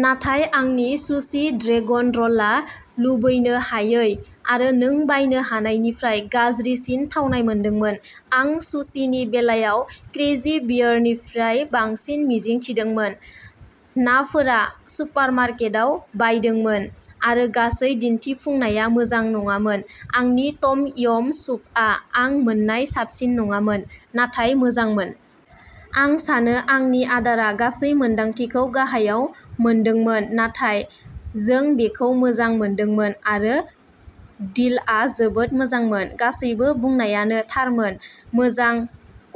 नाथाय आंनि सुसि-ड्रेगन र'ल-आ लुबैनो हायै आरो नों बायनो हानायनिफ्राय गाज्रिसिन थावनाय मोनदोंमोन। आं सुसिनि बेलायाव क्रेजी बियारनिफ्राय बांसिन मिजिं थिदोंमोन, नाफोरा सुपारमार्केटआव बायदोंमोन आरो गासै दिन्थिफुंनाया मोजां नङामोन। आंनि टम यम सुपआ आं मोननाय साबसिन नङामोन नाथाय मोजांमोन। आं सानो आंनि आदारा गासै मोन्दांथिखौ गाहायाव दोनदोंमोन, नाथाय जों बेखौ मोजां मोनदोंमोन आरो डिलआ जोबोद मोजांमोन। गासैबो बुंनायानो थारमोन। मोजां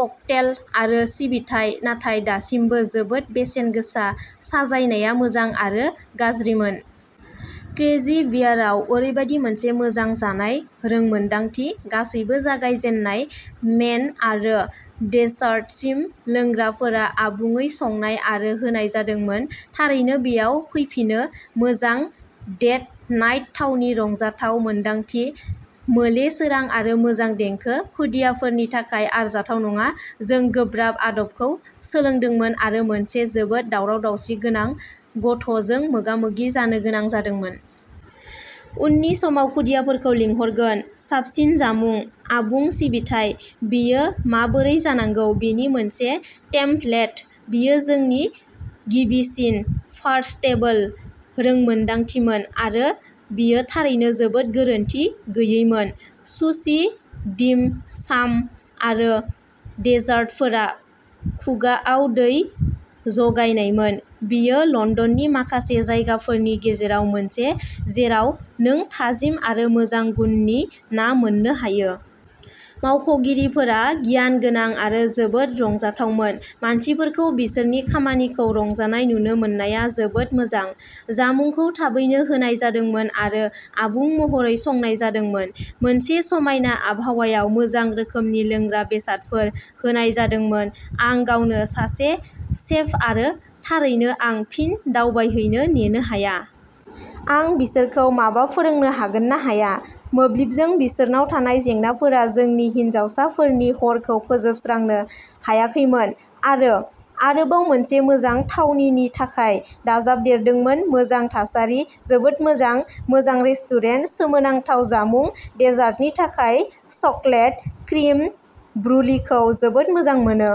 ककटेल आरो सिबिथाइ नाथाय दासिमबो जोबोद बेसेन गोसा। साजायनाया मोजां आरो गाज्रिमोन। क्रेजी बियाराव ओरैबायदि मोनसे मोजां जानाय रोंमोनदांथि। गासैबो जागायजेननाय, मेन आरो डेजार्टसिम लोंग्राफोरा आबुङै संनाय आरो होनाय जादोंमोन। थारैनो बेयाव फैफिनो! मोजां डेट नाइट थावनि-रंजाथाव मोनदांथि, मोले सोरां आरो मोजां देंखो! खुदियाफोरनि थाखाय आरजाथाव नङा, जों गोब्राब आदबखौ सोलोंदोंमोन आरो मोनसे जोबोद दावराव-दावसि गोनां गथ'जों मोगा-मोगि जानो गोनां जादोंमोन... उननि समाव खुदियाफोरखौ लिंहरगोन! साबसिन जामुं, आबुं सिबिथाइ, बेयो माबोरै जानांगौ बेनि मोनसे टेम्पलेट। बेयो जोंनि गिबिसिन'फार्स्टटेबल'रोंमोनदांथिमोन आरो बेयो थारैनो जोबोद गोरोन्थि गैयैमोन। सुसि, डिम साम आरो डेजार्टफोरा खुगाआव दै जगायनायमोन। बेयो लन्दननि माखासे जायगाफोरनि गेजेराव मोनसे जेराव नों थाजिम आरो मोजां गुननि ना मोननो हायो। मावख'गिरिफोरा गियान गोनां आरो जोबोद रंजाथावमोन, मानसिफोरखौ बिसोरनि खामानिखौ रंजानाय नुनो मोननाया जोबोद मोजां! जामुंखौ थाबैनो होनाय जादोंमोन आरो आबुं महरै संनाय जादोंमोन। मोनसे समायना आबहावायाव मोजां रोखोमनि लोंग्रा बेसादफोर होनाय जादोंमोन। आं गावनो सासे सेफ आरो थारैनो आं फिन दावबायहैनो नेनो हाया। आं बिसोरखौ माबा फोरोंनो हागोन ना हाया। मोब्लिबजों बिसोरनाव थानाय जेंनाफोरा जोंनि हिनजावसाफोरनि हरखौ फोजोबस्रांनो हायाखैमोन, आरो आरोबाव मोनसे मोजां थावनिनि थाखाय दाजाबदेरदोंमोन। मोजां थासारि। जोबोद मोजां मोजां रेस्टुरेन्ट। सोमोनांथाव जामुं-डेजार्टनि थाखाय चकलेट क्रिम ब्रुलिखौ जोबोद मोजां मोनो!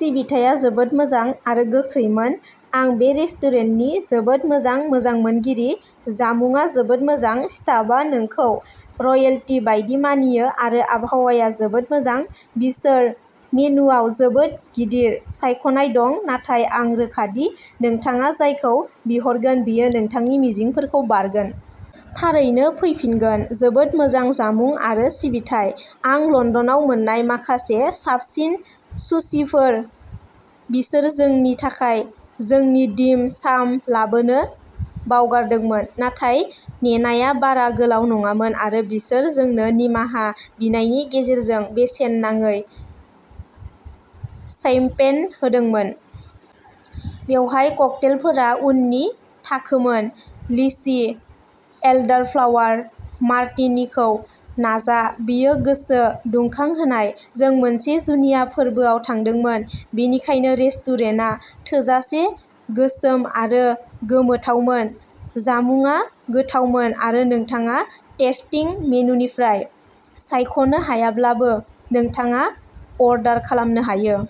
सिबिथाया जोबोद मोजां आरो गोख्रैमोन। आं बे रेस्टुरेन्टनि जोबोद मोजां मोजां मोनगिरि जामुंआ जोबोद मोजां। स्टाफआ नोंखौ रयेल्टी बायदि मानियो आरो आबहावाया जोबोद मोजां बिसोर मेनुवाव जोबोद गिदिर सायख'नाय दं नाथाय आं रोखा दि नोंथाङा जायखौ बिहरगोन बेयो नोंथांनि मिजिंफोरखौ बारगोन। थारैनो फैफिनगोन जोबोद मोजां जामुं आरो सिबिथाइ आं लन्दनाव मोन्नाय माखासे साबसिन सुसिफोर बिसोर जोंनि थाखाय जोंनि डिम साम लाबोनो बावगारदोंमोन नाथाय नेनाया बारा गोलाव नङामोन आरो बिसोर जोंनो निमाहा बिनायनि गेजेरजों बेसेन नाङै शैम्पेन होदोंमोन। बेवहाय ककटेलफोरा उननि थाखोमोन। लिचि एल्डारफ्लावार मार्टिनिखौ नाजा बेयो गोसो दुंखांहोनाय जों मोनसे जुनिया फोरबोआव थांदोंमोन, बेनिखायनो रेस्टुरेन्टआ थोजासे गोसोम आरो गोमोथावमोन। जामुंआ गोथावमोन आरो नोंथाङा टेस्टिं मेनुनिफ्राय सायख'नो हायाब्लाबो नोंथाङा अर्डार खालामनो हायो।